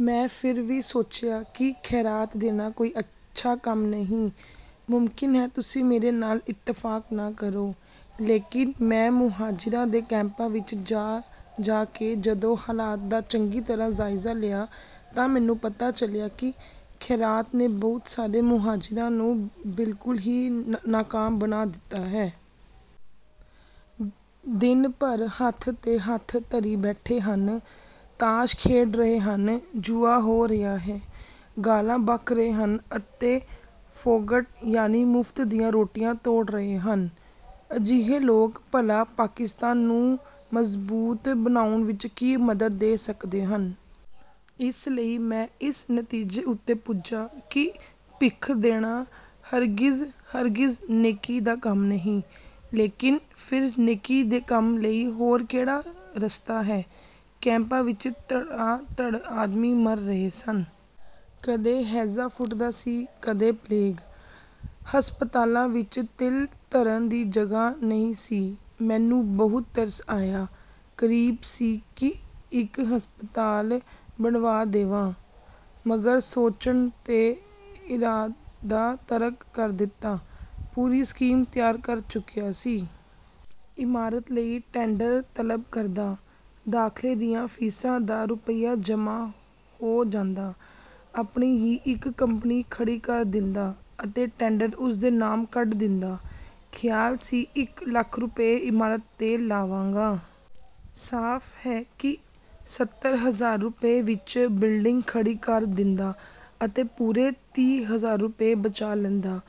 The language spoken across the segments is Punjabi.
ਮੈਂ ਫਿਰ ਇਹ ਵੀ ਸੋਚਿਆ ਕਿ ਖ਼ੈਰਾਤ ਦੇਣਾ ਕੋਈ ਅੱਛਾ ਕੰਮ ਨਹੀਂ। ਮੁਮਕਿਨ ਹੈ ਤੁਸੀਂ ਮੇਰੇ ਨਾਲ ਇੱਤਫਾਕ ਨਾ ਕਰੋ। ਲੇਕਿਨ ਮੈਂ ਮੁਹਾਜਿਰਾਂ ਦੇ ਕੈਂਪਾਂ ਵਿੱਚ ਜਾ ਜਾ ਕੇ ਜਦੋਂ ਹਾਲਾਤ ਦਾ ਚੰਗੀ ਤਰ੍ਹਾਂ ਜਾਇਜ਼ਾ ਲਿਆ ਤਾਂ ਮੈਨੂੰ ਪਤਾ ਚੱਲਿਆ ਕਿ ਖ਼ੈਰਾਤ ਨੇ ਬਹੁਤ ਸਾਰੇ ਮੁਹਾਜਿਰਾਂ ਨੂੰ ਬਿਲਕੁਲ ਹੀ ਨਾਕਾਮ ਬਣਾ ਦਿੱਤਾ ਹੈ। ਦਿਨ-ਭਰ ਹੱਥ ਤੇ ਹੱਥ ਧਰੀ ਬੈਠੇ ਹਨ। ਤਾਸ਼ ਖੇਡ ਰਹੇ ਹਨ। ਜੂਆ ਹੋ ਰਿਹਾ ਹੈ। ਗਾਲਾਂ ਬਕ ਰਹੇ ਹਨ ਅਤੇ ਫ਼ੋਗਟ, ਯਾਨੀ ਮੁਫ਼ਤ ਦੀਆਂ ਰੋਟੀਆਂ ਤੋੜ ਰਹੇ ਹਨ। ਅਜਿਹੇ ਲੋਕ ਭਲਾ ਪਾਕਿਸਤਾਨ ਨੂੰ ਮਜ਼ਬੂਤ ਬਣਾਉਣ ਵਿੱਚ ਕੀ ਮਦਦ ਦੇ ਸਕਦੇ ਹਨ। ਇਸ ਲਈ ਮੈਂ ਇਸ ਨਤੀਜੇ ਉੱਤੇ ਪੁੱਜਾ ਕਿ ਭਿੱਖ ਦੇਣਾ ਹਰਗਿਜ਼ ਹਰਗਿਜ਼ ਨੇਕੀ ਦਾ ਕੰਮ ਨਹੀਂ। ਲੇਕਿਨ ਫਿਰ ਨੇਕੀ ਦੇ ਕੰਮ ਲਈ ਹੋਰ ਕਿਹੜਾ ਰਸਤਾ ਹੈ? ਕੈਂਪਾਂ ਵਿੱਚ ਧੜਾ-ਧੜ ਆਦਮੀ ਮਰ ਰਹੇ ਸਨ। ਕਦੇ ਹੈਜ਼ਾ ਫੁੱਟਦਾ ਸੀ, ਕਦੇ ਪਲੇਗ। ਹਸਪਤਾਲਾਂ ਵਿੱਚ ਤਿਲ ਧਰਨ ਦੀ ਜਗ੍ਹਾ ਨਹੀਂ ਸੀ। ਮੈਨੂੰ ਬਹੁਤ ਤਰਸ ਆਇਆ। ਕਰੀਬ ਸੀ ਕਿ ਇੱਕ ਹਸਪਤਾਲ ਬਣਵਾ ਦੇਵਾਂ, ਮਗਰ ਸੋਚਣ ਤੇ ਇਰਾਦਾ ਤਰਕ ਕਰ ਦਿੱਤਾ। ਪੂਰੀ ਸਕੀਮ ਤਿਆਰ ਕਰ ਚੁੱਕਿਆ ਸੀ। ਇਮਾਰਤ ਲਈ ਟੈਂਡਰ ਤਲਬ ਕਰਦਾ। ਦਾਖ਼ਲੇ ਦੀਆਂ ਫ਼ੀਸਾਂ ਦਾ ਰੁਪਿਆ ਜਮਾਂ ਹੋ ਜਾਂਦਾ। ਆਪਣੀ ਹੀ ਇੱਕ ਕੰਪਨੀ ਖੜੀ ਕਰ ਦਿੰਦਾ ਅਤੇ ਟੈਂਡਰ ਉਸ ਦੇ ਨਾਮ ਕੱਢ ਦਿੰਦਾ। ਖ਼ਿਆਲ ਸੀ ਇੱਕ ਲੱਖ ਰੁਪਏ ਇਮਾਰਤ ਤੇ ਲਾਵਾਂਗਾ। ਸਾਫ਼ ਹੈ ਕਿ ਸੱਤਰ ਹਜ਼ਾਰ ਰੁਪਏ ਵਿੱਚ ਬਿਲਡਿੰਗ ਖੜੀ ਕਰ ਦਿੰਦਾ ਅਤੇ ਪੂਰੇ ਤੀਹ ਹਜ਼ਾਰ ਰੁਪਏ ਬਚਾ ਲੈਂਦਾ।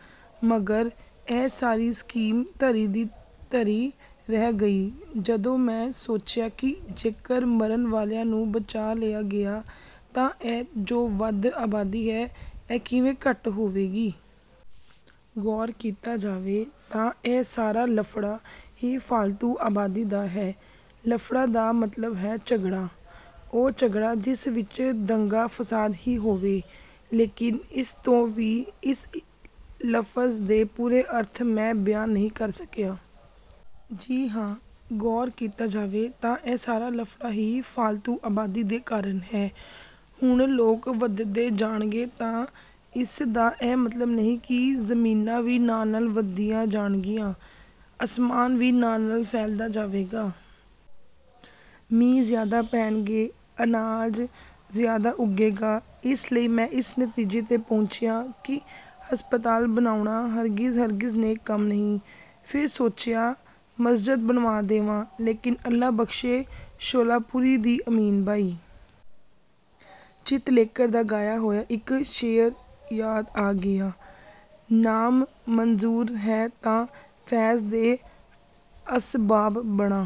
ਮਗਰ ਇਹ ਸਾਰੀ ਸਕੀਮ ਧਰੀ ਦੀ ਧਰੀ ਰਹਿ ਗਈ। ਜਦੋਂ ਮੈਂ ਸੋਚਿਆ ਕਿ ਜੇਕਰ ਮਰਨ ਵਾਲਿਆਂ ਨੂੰ ਬਚਾ ਲਿਆ ਗਿਆ ਤਾਂ ਇਹ ਜੋ ਵੱਧ ਆਬਾਦੀ ਹੈ, ਇਹ ਕਿਵੇਂ ਘੱਟ ਹੋਵੇਗੀ? ਗ਼ੌਰ ਕੀਤਾ ਜਾਵੇ ਤਾਂ ਇਹ ਸਾਰਾ ਲਫ਼ੜਾ ਹੀ ਫ਼ਾਲਤੂ ਆਬਾਦੀ ਦਾ ਹੈ। ਲਫ਼ੜਾ ਦਾ ਮਤਲਬ ਹੈ ਝਗੜਾ, ਉਹ ਝਗੜਾ ਜਿਸ ਵਿੱਚ ਦੰਗਾ-ਫ਼ਸਾਦ ਵੀ ਹੋਵੇ। ਲੇਕਿਨ ਇਸ ਤੋਂ ਵੀ ਇਸ ਲਫ਼ਜ਼ ਦੇ ਪੂਰੇ ਅਰਥ ਮੈਂ ਬਿਆਨ ਨਹੀਂ ਕਰ ਸਕਿਆ। ਜੀ ਹਾਂ, ਗ਼ੌਰ ਕੀਤਾ ਜਾਵੇ ਤਾਂ ਇਹ ਸਾਰਾ ਲਫ਼ੜਾ ਹੀ ਇਸ ਫ਼ਾਲਤੂ ਆਬਾਦੀ ਦੇ ਕਾਰਨ ਹੈ। ਹੁਣ ਲੋਕ ਵੱਧਦੇ ਜਾਣਗੇ ਤਾਂ ਇਸ ਦਾ ਇਹ ਮਤਲਬ ਨਹੀਂ ਕਿ ਜ਼ਮੀਨਾਂ ਵੀ ਨਾਲ-ਨਾਲ ਵਧਦੀਆਂ ਜਾਣਗੀਆਂ। ਅਸਮਾਨ ਵੀ ਨਾਲ-ਨਾਲ ਫੈਲਦਾ ਜਾਵੇਗਾ। ਮੀਂਹ ਜ਼ਿਆਦਾ ਪੈਣਗੇ। ਅਨਾਜ ਜ਼ਿਆਦਾ ਉੱਗੇਗਾ। ਇਸ ਲਈ ਮੈਂ ਇਸ ਨਤੀਜੇ ਤੇ ਪਹੁੰਚਿਆ ਕਿ ਹਸਪਤਾਲ ਬਣਾਉਣਾ ਹਰਗਿਜ਼ ਹਰਗਿਜ਼ ਨੇਕ ਕੰਮ ਨਹੀਂ। ਫਿਰ ਸੋਚਿਆ ਮਸਜਦ ਬਣਵਾ ਦੇਵਾਂ। ਲੇਕਿਨ ਅੱਲਾ ਬਖ਼ਸ਼ੇ ਸ਼ੋਲਾਪੁਰੀ ਦੀ ਅਮੀਨਾ ਬਾਈ ਚਿਤਲੇਕਰ ਦਾ ਗਾਇਆ ਹੋਇਆ ਇੱਕ ਸ਼ੇਅਰ ਯਾਦ ਆ ਗਿਆ, "ਨਾਮ ਮਨਜ਼ੂਰ ਹੈ ਤਾਂ ਫ਼ੈਜ਼ ਦੇ ਅਸਬਾਬ ਬਣਾ"